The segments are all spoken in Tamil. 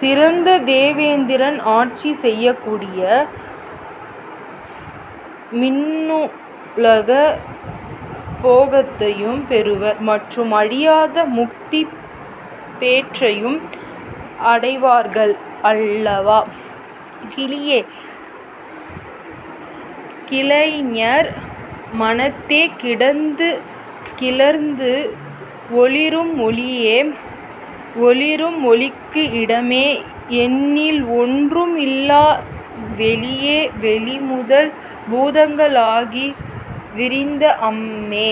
சிறந்த தேவேந்திரன் ஆட்சி செய்யக்கூடிய விண்ணுலக போகத்தையும் பெறுவர். மற்றும், அழியாத முக்திப் பேற்றையும் அடைவார்கள் அல்லவா! கிளியே கிளைஞர் மனத்தே கிடந்து கிளர்ந்து ஒளிரும் ஒளியே ஒளிரும் ஒளிக்கு இடமே எண்ணில் ஒன்றும் இல்லா வெளியே வெளி முதல் பூதங்கள் ஆகி விரிந்த அம்மே.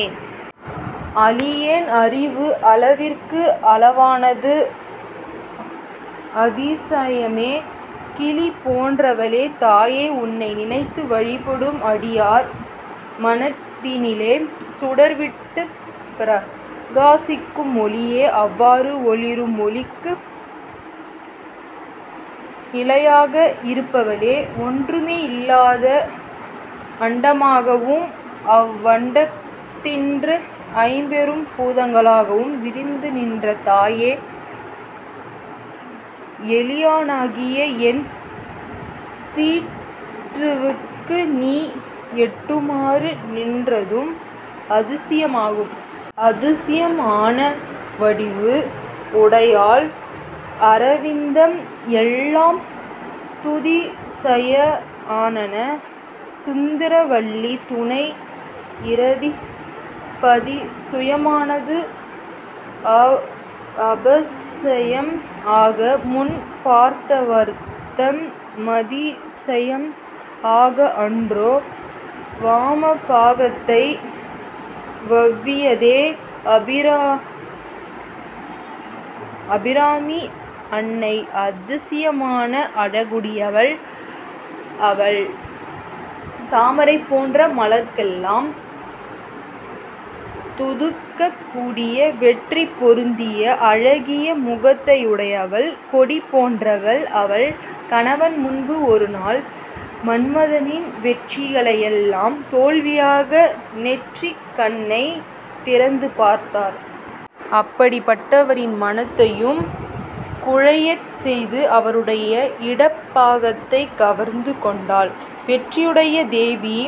அளியேன் அறிவு அளவிற்கு அளவானது அதிசயமே. கிளி போன்றவளே! தாயே! உன்னை நினைந்து வழிபடும் அடியார் மனத்தினிலே சுடர் விட்டுப் பிரகாசிக்கும் ஒளியே! அவ்வாறு ஒளிரும் ஒளிக்கு நிலையாக இருப்பவளே! ஒன்றுமே இல்லாத அண்டமாகவும் அவ்வண்டத்தினின்று ஐம்பெரும் பூதங்களாகவும் விரிந்து நின்ற தாயே! எளியேனாகிய என் சிற்றறிவுக்கு நீ எட்டுமாறு நின்றதும் அதிசயமாகும்! அதிசயம் ஆன வடிவு உடையாள் அரவிந்தம் எல்லாம் துதி சய ஆனன சுந்தரவல்லி துணை இரதி பதி சயமானது அபசயம் ஆக முன் பார்த்தவர்தம் மதி சயம் ஆக அன்றோ வாம பாகத்தை வவ்வியதே? அபிராமி அன்னை அதிசயமான அழகுடையவள்! அவள் தாமரை போன்ற மலர்களெல்லாம் துதிக்கக் கூடிய வெற்றி பொருந்திய அழகிய முகத்தையுடையவள் கொடி போன்றவள் அவள் கணவன் முன்பு ஒருநாள் மன்மதனின் வெற்றிகளையெல்லாம் தோல்வியாக நெற்றிக் கண்ணைத் திறந்து பார்த்தார். அப்படிப்பட்டவரின் மனத்தையும் குழையச் செய்து அவருடைய இடப் பாகத்தைக் கவர்ந்து கொண்டாள் வெற்றியுடைய தேவி.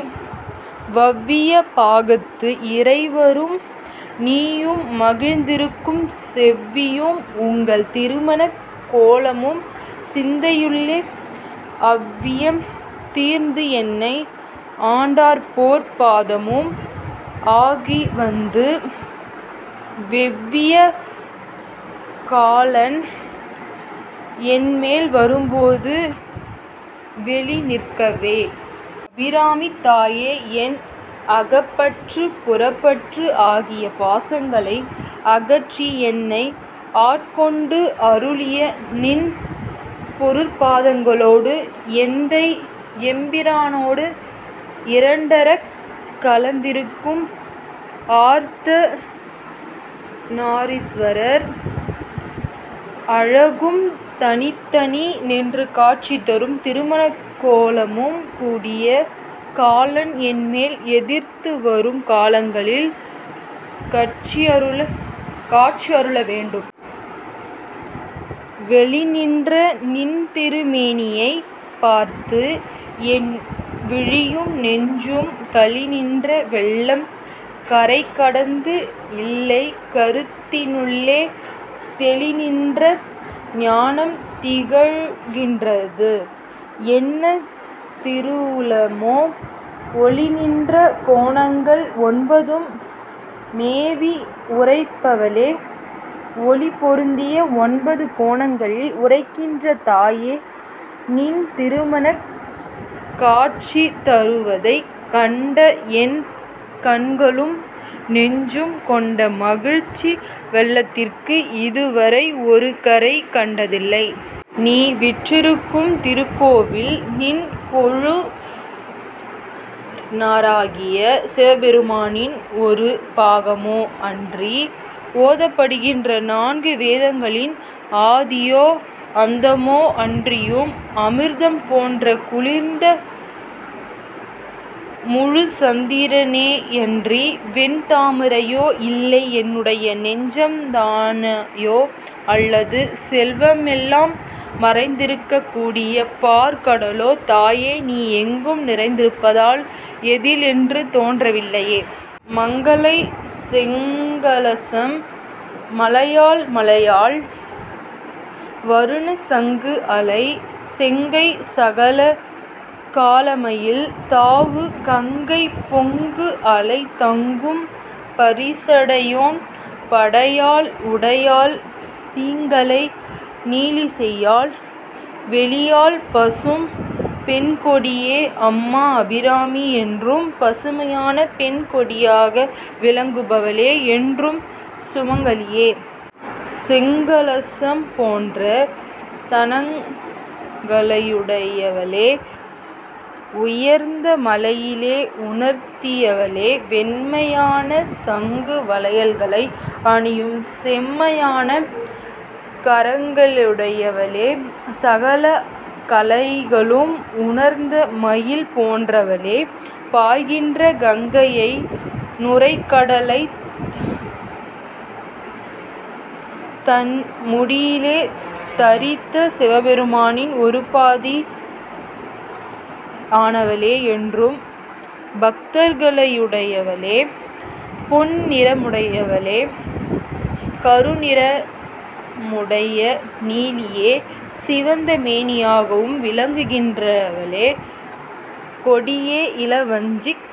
வவ்விய பாகத்து இறைவரும் நீயும் மகிழ்ந்திருக்கும் செவ்வியும் உங்கள் திருமணக் கோலமும் சிந்தையுள்ளே அவ்வியம் தீர்த்து என்னை ஆண்டபொற் பாதமும் ஆகிவந்து வெவ்விய காலன் என்மேல் வரும்போது வெளி நிற்கவே. அபிராமித் தாயே! என் அகப்பற்று புறப்பற்று ஆகிய பாசங்களை அகற்றி என்னை ஆட்கொண்டு அருளிய நின் பொற்பாதங்களோடு எந்தை எம்பிரானோடு இரண்டறக் கலந்திருக்கும் அர்த்த நாரீஸ்வரர் அழகும் தனித்தனி நின்று காட்சி தரும் திருமணக்கோலமும் கொடிய காலன் என்மேல் எதிர்த்து வரும் காலங்களில் காட்சியருள வேண்டும். வெளிநின்ற நின்திருமேனியைப் பார்த்து என் விழியும் நெஞ்சும் களிநின்ற வெள்ளம் கரைகண்டது இல்லை கருத்தினுள்ளே தெளிநின்ற ஞானம் திகழ்கின்றது, என்ன திருவுளமோ? ஒளிநின்ற கோணங்கள் ஒன்பதும் மேவி உறைபவளே. ஒளி பொருந்திய ஒன்பது கோணங்களில் உறைகின்ற தாயே! நின் திருமணக் காட்சி தருவதைக் கண்ட என் கண்களும், நெஞ்சும் கொண்ட மகிழ்ச்சி வெள்ளத்திற்கு இதுவரை ஒரு கரை கண்டதில்லை. நீ வீற்றிருக்கும் திருக்கோயில் நின் கொழுநராகிய சிவபெருமானின் ஒரு பாகமோ? அன்றி ஓதப்படுகின்ற நான்கு வேதங்களின் ஆதியோ? அந்தமோ? அன்றியும் அமிர்தம் போன்ற குளிர்ந்த முழுச்சந்திரனேயன்றி வெண் தாமரையோ? இல்லை என்னுடைய நெஞ்சம்தானேயோ அல்லது செல்வமெல்லாம் மறைந்திருகக் கூடிய பாற் கடலோ? தாயே! நீ எங்கும் நிறைந்திருப்பதால் எதில் என்று தோன்றவில்லையே! மங்கலை செங்கலசம் முலையாள் மலையாள் வருணச் சங்கு அலை செங்கைச் சகல கலாமயில் தாவு கங்கை பொங்கு அலை தங்கும் புரிசடையோன் புடையாள் உடையாள் பிங்கலை நீலி செய்யாள் வெளியாள் பசும் பெண்கொடியே. அம்மா அபிராமி! என்றும் பசுமையான பெண் கொடியாக விளங்குபவளே! என்றும் சுமங்கலியே! செங்கலசம் போன்ற தனங்களையுடையவளே! உயர்ந்த மலையிலே உதித்தவளே! வெண்மையான சங்கு வளையல்களை அணியும் செம்மையான கரங்களையுடையவளே! சகல கலைகளும் உணர்ந்த மயில் போன்றவளே! பாய்கின்ற கங்கையை நுரை கடலைத் தன் முடியிலே தரித்த சிவபெருமானின் ஒரு பாதி ஆனவளே! என்றும் பக்தர்களையுடையவளே! பொன் நிறமுடையவளே! கருநிறமுடைய நீலியே! சிவந்த மேனியாகவும் விளங்குகின்றவளே! கொடியே இளவஞ்சிக்